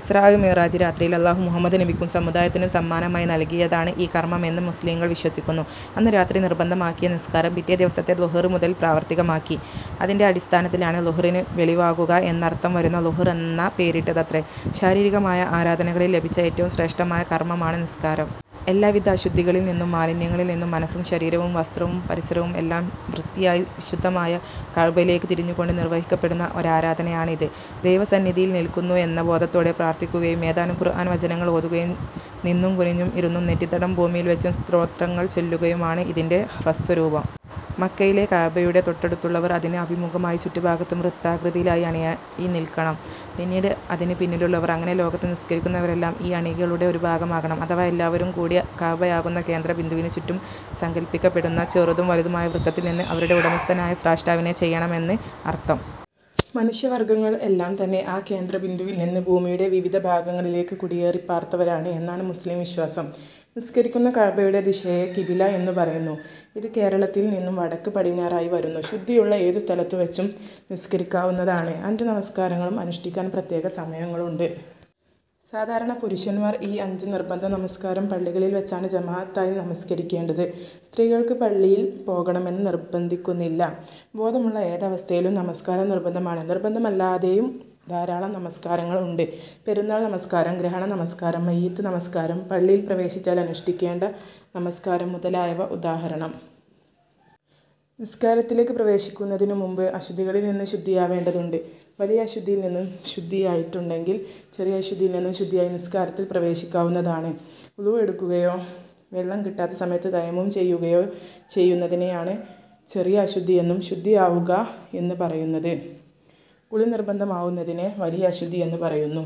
ഇസ്റാഅ് മിഅ്റാജ് രാത്രിയിൽ അല്ലാഹു മുഹമ്മദ് നബിക്കും സമുദായത്തിനും സമ്മാനമായി നൽകിയതാണ് ഈ കർമ്മം എന്ന് മുസ്ലിംകൾ വിശ്വസിക്കുന്നു. അന്ന് രാത്രി നിർബന്ധമാക്കിയ നിസ്കാരം പിറ്റേ ദിവസത്തെ ളുഹർ മുതൽ പ്രാവർത്തികമാക്കി. അതിൻ്റെ അടിസ്ഥാനത്തിലാണ് ളുഹ്റിന് വെളിവാകുക എന്നർത്ഥം വരുന്ന ളുഹർ എന്ന പേരിട്ടതത്രെ. ശാരീരികമായ ആരാധനകളിൽ ലഭിച്ച ഏറ്റവും ശ്രേഷ്ഠമായ കർമ്മമാണ് നിസ്കാരം. എല്ലാവിധ അശുദ്ധികളിൽ നിന്നും മാലിന്യങ്ങളിൽനിന്നും മനസ്സും ശരീരവും വസ്ത്രവും പരിസരവും എല്ലാം വൃത്തിയാക്കി വിശുദ്ധമായ കഅ്ബയിലേക്ക് തിരിഞ്ഞു കൊണ്ട് നിർവഹിക്കപ്പെടുന്ന ഒരാരാധനയാണ് ഇത്. ദൈവ സന്നിധിയിൽ നിൽക്കുന്നു എന്ന ബോധത്തോടെ പ്രാർത്ഥിക്കുകയും ഏതാനും ഖുർആൻ വചനങ്ങൾ ഓതുകയും നിന്നും കുനിഞ്ഞും ഇരുന്നും നെറ്റിത്തടം ഭൂമിയിൽ വെച്ചും സ്തോത്രങ്ങൾ ചൊല്ലുകയാണ് ഇതിൻ്റെ ഹ്രസ്വരൂപം. മക്കയിലെ കഅബയുടെ തൊട്ടടുത്തുള്ളവർ അതിന് അഭിമുഖമായി ചുറ്റുഭാഗത്തും വൃത്താകൃതിയിലായി അണിയായി നിൽക്കണം. പിന്നീട് അതിന് പിന്നിലുള്ളവർ, അങ്ങനെ ലോകത്ത് നിസ്കരിക്കുന്നവരെല്ലാം ഈ അണികളുടെ ഒരു ഭാഗമാകണം. അഥവാ എല്ലാവരുംകൂടി കഅബയാകുന്ന കേന്ദ്ര ബിന്ദുവിനു ചുറ്റും സങ്കല്പിക്കപ്പെടുന്ന ചെറുതും വലുതുമായ വൃത്തത്തിൽനിന്ന് അവരുടെ ഉടമസ്ഥനായ സ്രഷ്ടാവിനെ ചെയ്യണമെന്ന് അർത്ഥം. മനുഷ്യ വർഗ്ഗങ്ങൾ എല്ലാം തന്നെ ആ കേന്ദ്രബിന്ദുവിൽ നിന്ന് ഭൂമിയുടെ വിവിധ ഭാഗങ്ങളിലേക്ക് കുടിയേറിപ്പാർത്തവരാണ് എന്നാണ് മുസ്ലിം വിശ്വാസം. നിസ്കരിക്കുന്ന കഅബയുടെ ദിശയെ കിബില എന്നു പറയുന്നു. ഇത് കേരളത്തിൽ നിന്നും വടക്ക് പടിഞ്ഞാറായി വരുന്നു. ശുദ്ധിയുള്ള ഏതു സ്ഥലത്തു വെച്ചും നമസ്ക്കരിക്കാവുന്നതാണ്. അഞ്ച് നമസ്കാരങ്ങളും അനുഷ്ഠിക്കാൻ പ്രത്യേക സമയങ്ങളുണ്ട്. സാധാരണ പുരുഷന്മാർ ഈ അഞ്ച് നിർബന്ധ നമസ്ക്കാരം പള്ളികളിൽ വെച്ചാണ് ജമാഅത്തായി നമസ്ക്കരിക്കേണ്ടത്. സ്ത്രീകൾക്ക് പള്ളിയിൽ പോകണമെന്ന് നിർബന്ധിക്കുന്നില്ല. ബോധമുള്ള ഏതവസ്ഥയിലും നമസ്കാരം നിർബന്ധമാണ്. നിർബന്ധമല്ലാതെയും ധാരാളം നമസ്ക്കാരങ്ങൾ ഉണ്ട്. പെരുന്നാൾ നമസ്ക്കാരം, ഗ്രഹണ നമസ്കാരം, മയ്യിത്ത് നമസ്ക്കാരം, പള്ളിയിൽ പ്രവേശിച്ചാൽ അനുഷ്ഠിക്കേണ്ട നമസ്കാരം മുതലായവ ഉദാഹരണം. നിസ്കാരത്തിലേക്ക് പ്രവേശിക്കുന്നതിനു മുൻപ് അശുദ്ധികളിൽ നിന്ന് ശുദ്ധിയാവേണ്ടതുണ്ട്. വലിയ അശുദ്ധിയിൽ നിന്നും ശുദ്ധിയായിട്ടുണ്ടെങ്കിൽ ചെറിയ അശുദ്ധിയിൽ നിന്നും ശുദ്ധിയായി നിസ്കാരത്തിൽ പ്രവേശിക്കാവുന്നതാണ്. വുദു എടുക്കുകയോ വെള്ളം കിട്ടാത്ത സമയത്ത് തയമ്മും ചെയ്യുകയോ ചെയ്യുന്നതിനെയാണ് ചെറിയ അശുദ്ധിയിൽ നിന്നും ശുദ്ധിയാവുക എന്ന് പറയുന്നത്. കുളി നിർബന്ധമാവുന്നതിനെ വലിയ അശുദ്ധി എന്ന് പറയുന്നു.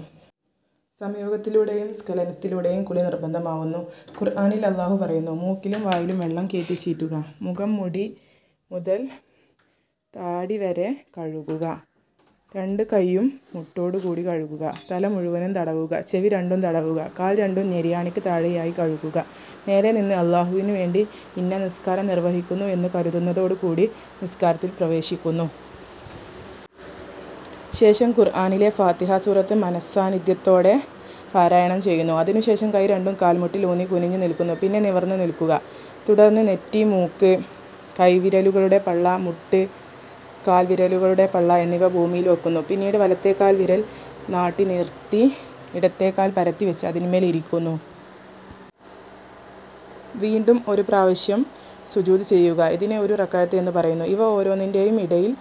സംയോഗത്തിലൂടെയും സ്ഖലനത്തിലൂടെയും കുളി നിർബന്ധമാവൂന്നു. ഖുർആനിൽ അല്ലാഹു പറയുന്നു. മൂക്കിലും വായിലും വെള്ളം കേറ്റിചീറ്റുക. മുഖം മുടിമുതൽ താടിവരെ കഴുകുക. രണ്ടു കയ്യും മുട്ടോട് കൂടി കഴുകുക. തല മുഴുവനും തടവുക. ചെവി രണ്ടും തടവുക. കാൽ രണ്ടും നെരിയാണിക്ക് താഴെയായി കഴുകുക. നേരെ നിന്ന് അല്ലാഹുവിനു വേണ്ടി ഇന്ന നിസ്കാരം നിർവ്വഹിക്കുന്നു എന്ന് കരുതുന്നതോടുകൂടി നിസ്ക്കാരത്തിൽ പ്രവേശിക്കുന്നു. ശേഷം ഖുർആനിലെ ഫാത്തിഹ സൂറത് മന:സ്സാന്നിധ്യത്തോടെ പാരായണം ചെയ്യുന്നു. അതിനു ശേഷം കൈ രണ്ടും കാൽ മുട്ടിൽ ഊന്നി കുനിഞ്ഞു നിൽക്കുന്നു. പിന്നെ നിവർന്ന് നിൽക്കുക. തുടർന്ന് നെറ്റി മൂക്ക് കൈവിരലുകളുടെ പള്ള മുട്ട് കാൽ വിരലുകളുടെ പള്ള എന്നിവ ഭൂമിയിൽ വെക്കുന്നു. പിന്നീട് വലത്തെകാൽവിരൽ നാട്ടിനിർത്തി ഇടത്തെ കാൽ പരത്തിവച്ച് അതിന്മേൽ ഇരിക്കുന്നു. വീണ്ടും ഒരു പ്രാവശ്യം സുജൂദ് ചെയ്യുക. ഇതിനെ ഒരു റകഅത്ത് എന്ന് പറയുന്നു. ഇവ ഓരോന്നിൻ്റെയും ഇടയിൽ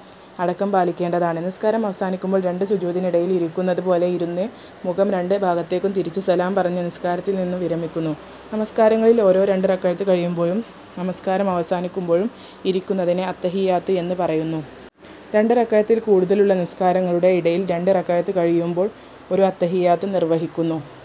അടക്കം പാലിക്കേണ്ടതാണ്. നിസ്കാരം അവസാനിക്കുമ്പോൾ രണ്ട് സുജൂദിനിടയിൽ ഇരിക്കുന്നത് പോലെ ഇരുന്ന് മുഖം രണ്ട് ഭാഗത്തേക്കും തിരിച്ച് സലാം പറഞ്ഞ് നിസ്കാരത്തിൽ നിന്നും വിരമിക്കുന്നു. നമസ്ക്കാരങ്ങളിൽ ഓരോ രണ്ട് റകഅത്ത് കഴിയുമ്പോഴും നമസ്ക്കാരം അവസാനിക്കുമ്പോഴും ഇരിക്കുന്നതിനെ അത്തഹിയ്യാത്ത് എന്ന് പറയുന്നു. രണ്ട് റകഅത്തിൽ കൂടുതലുള്ള നിസ്കാരങ്ങളുടെ ഇടയിൽ രണ്ട് റകഅത്ത് കഴിയുമ്പോൾ ഒരു അത്തഹിയ്യാത്ത് നിർവ്വഹിക്കുന്നു.